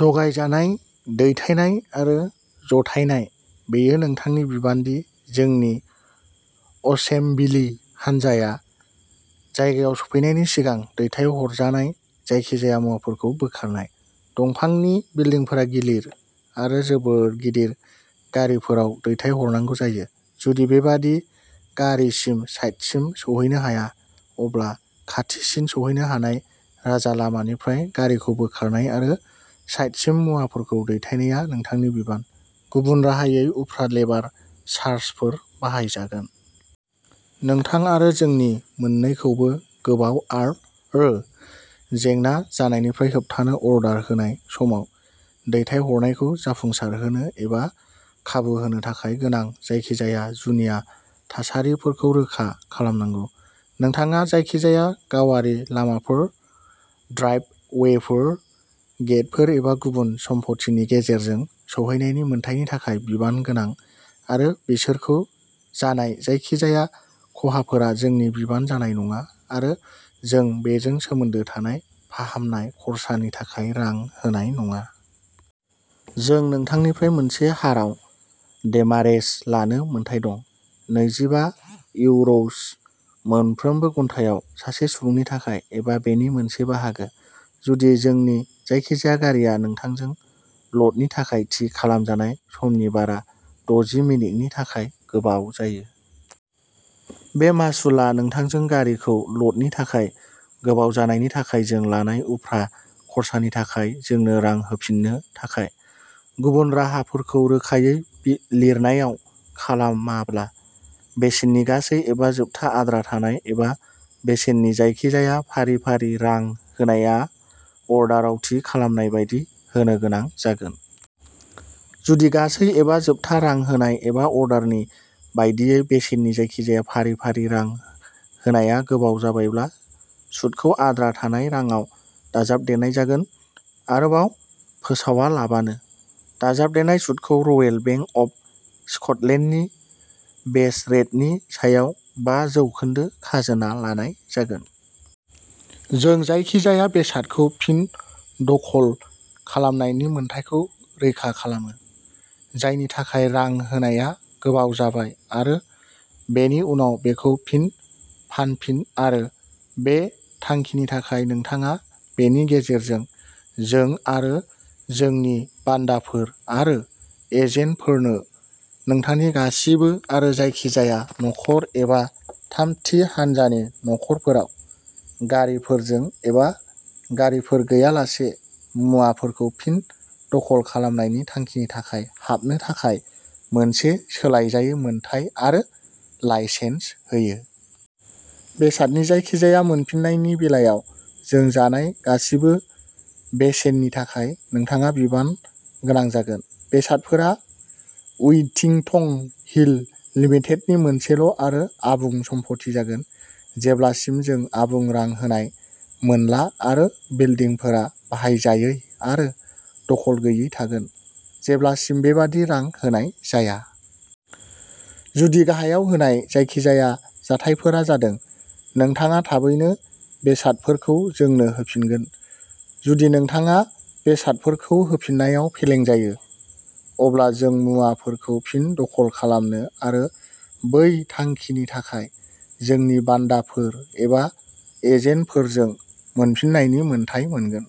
जगायजानाय दैथायनाय आरो जथायनाय बेयो नोंथांनि बिबान दि जोंनि एसेमब्लिलि हान्जाया जायगायाव सफैनायनि सिगां दैथायहरजानाय जायखिजाया मुवाफोरखौ बोखारनाय। दंफांनि बिल्दिंफोरा गिलिर आरो जोबोद गिदिर गारिफोराव दैथायहरनांगौ जायो। जुदि बेबादि गारिजों साइटसिम सौहैनो हाया, अब्ला खाथिसिन सौहैनो हानाय राजालामानिफ्राय गारिखौ बोखारनाय आरो साइटसिम मुवाफोरखौ दैथायनाया नोंथांनि बिबान, गुबुन राहायै उफ्रा लेबार चार्जफोर बाहायजागोन। नोंथां आरो जोंनि मोननैखौबो गोबाव आरो जेंना जानायनिफ्राय होबथानो अर्डार होनाय समाव दैथायहरनायखौ जाफुंसारहोनो एबा खाबु होनो थाखाय गोनां जायखिजाया जुनिया थासारिफोरखौ रोखा खालामनांगौ। नोंथाङा जायखिजाया गावारि लामाफोर, ड्राइभवेफोर, गेटफोर एबा गुबुन सम्पथिनि गेजेरजों सौहैनायनि मोनथायनि थाखाय बिबान गोनां आरो बिसोरखौ जानाय जायखिजाया खहाफोरा जोंनि बिबान जानाय नङा आरो जों बेजों सोमोन्दो थानाय फाहामनाय खरसानि थाखाय रां होनाय नङा। जों नोंथांनिफ्राय मोनसे हाराव डेमारेज लानो मोन्थाइ दं। नैजिबा इउर’स मोनफ्रोम घन्टायाव सासे सुबुंनि थाखाय, एबा बेनि मोनसे बाहागो, जुदि जोंनि जायखिजाया गारिआ नोंथांजों लदनि थाखाय थि खालामजानाय समनि बारा दजि मिनिटनि थाखाय गोबाव जायो। बे मासुलआ नोंथांजों गारिखौ लदनि थाखाय गोबाव जानायनि थाखाय जों लानाय उफ्रा खरसानि थाखाय जोंनो रां होफिननो थाखाय। गुबुन राहाफोरखौ रोखायै लिरनायाव खालामाब्ला, बेसेननि गासै एबा जोबथा आद्रा थानाय एबा बेसेननि जायखिजाया फारि-फारि रां होनाया अर्डाराव थि खालामनाय बायदि होनो गोनां जागोन। जुदि गासै एबा जोबथा रां होनाय एबा अर्डारनि बायदियै बेसेननि जायखिजाया फारि-फारि रां होनाया गोबाव जाबायब्ला, सुदखौ आद्रा थानाय राङाव दाजाबदेरनाय जागोन, आरोबाव फोसावालाबानो। दाजाबदेरनाय सुतखौ रयेल बेंक अफ स्कटलेन्डनि बेस रेटनि सायाव बा जौखोनदो खाजोना लानाय जागोन। जों जायखिजाया बेसादखौ फिन दखल खालामनायनि मोन्थाइखौ रैखा खालामो, जायनि थाखाय रां होनाया गोबाव जाबाय आरो बेनि उनाव बेखौ फिन फानफिन आरो बे थांखिनि थाखाय नोंथाङा बेनि गेजेरजों जों आरो जोंनि बान्दाफोर आरो एजेन्टफोरनो नोंथांनि गासिबो आरो जायखिजाया न'खर एबा थामथि हान्जानि न'खरफोराव, गारिफोरजों एबा गारिफोर गैयालासे, मुवाफोरखौ फिन दखल खालामनायनि थांखिनि थाखाय हाबनो थाखाय मोनसे सोलायजायै मोन्थाइ आरो लाइसेन्स होयो। बेसादनि जायखिजाया मोनफिननायनि बेलायाव जों जानाय गासिबो बेसेननि थाखाय नोंथाङा बिबान गोनां जागोन। बेसादफोरा उइथिंटन हिल लिमिटेडनि मोनसेल'आरो आबुं सम्पथि जागोन जेब्लासिम जों आबुं रां होनाय मोनला आरो बिल्दिंफोरा बाहायजायै आरो दखल गैयै थागोन जेब्लासिम बेबादि रां होनाय जाया। जुदि गाहायाव होनाय जायखिजाया जाथायफोरा जादों। नोंथाङा थाबैनो बेसादफोरखौ जोंनो होफिनगोन। जुदि नोंथाङा बेसादफोरखौ होफिननायाव फेलें जायो, अब्ला जों मुवाफोरखौ फिन दखल खालामनो आरो बै थांखिनि थाखाय, जोंनि बान्दाफोर एबा एजेन्टफोरजों, मोनफिननायनि मोनथाय मोनगोन।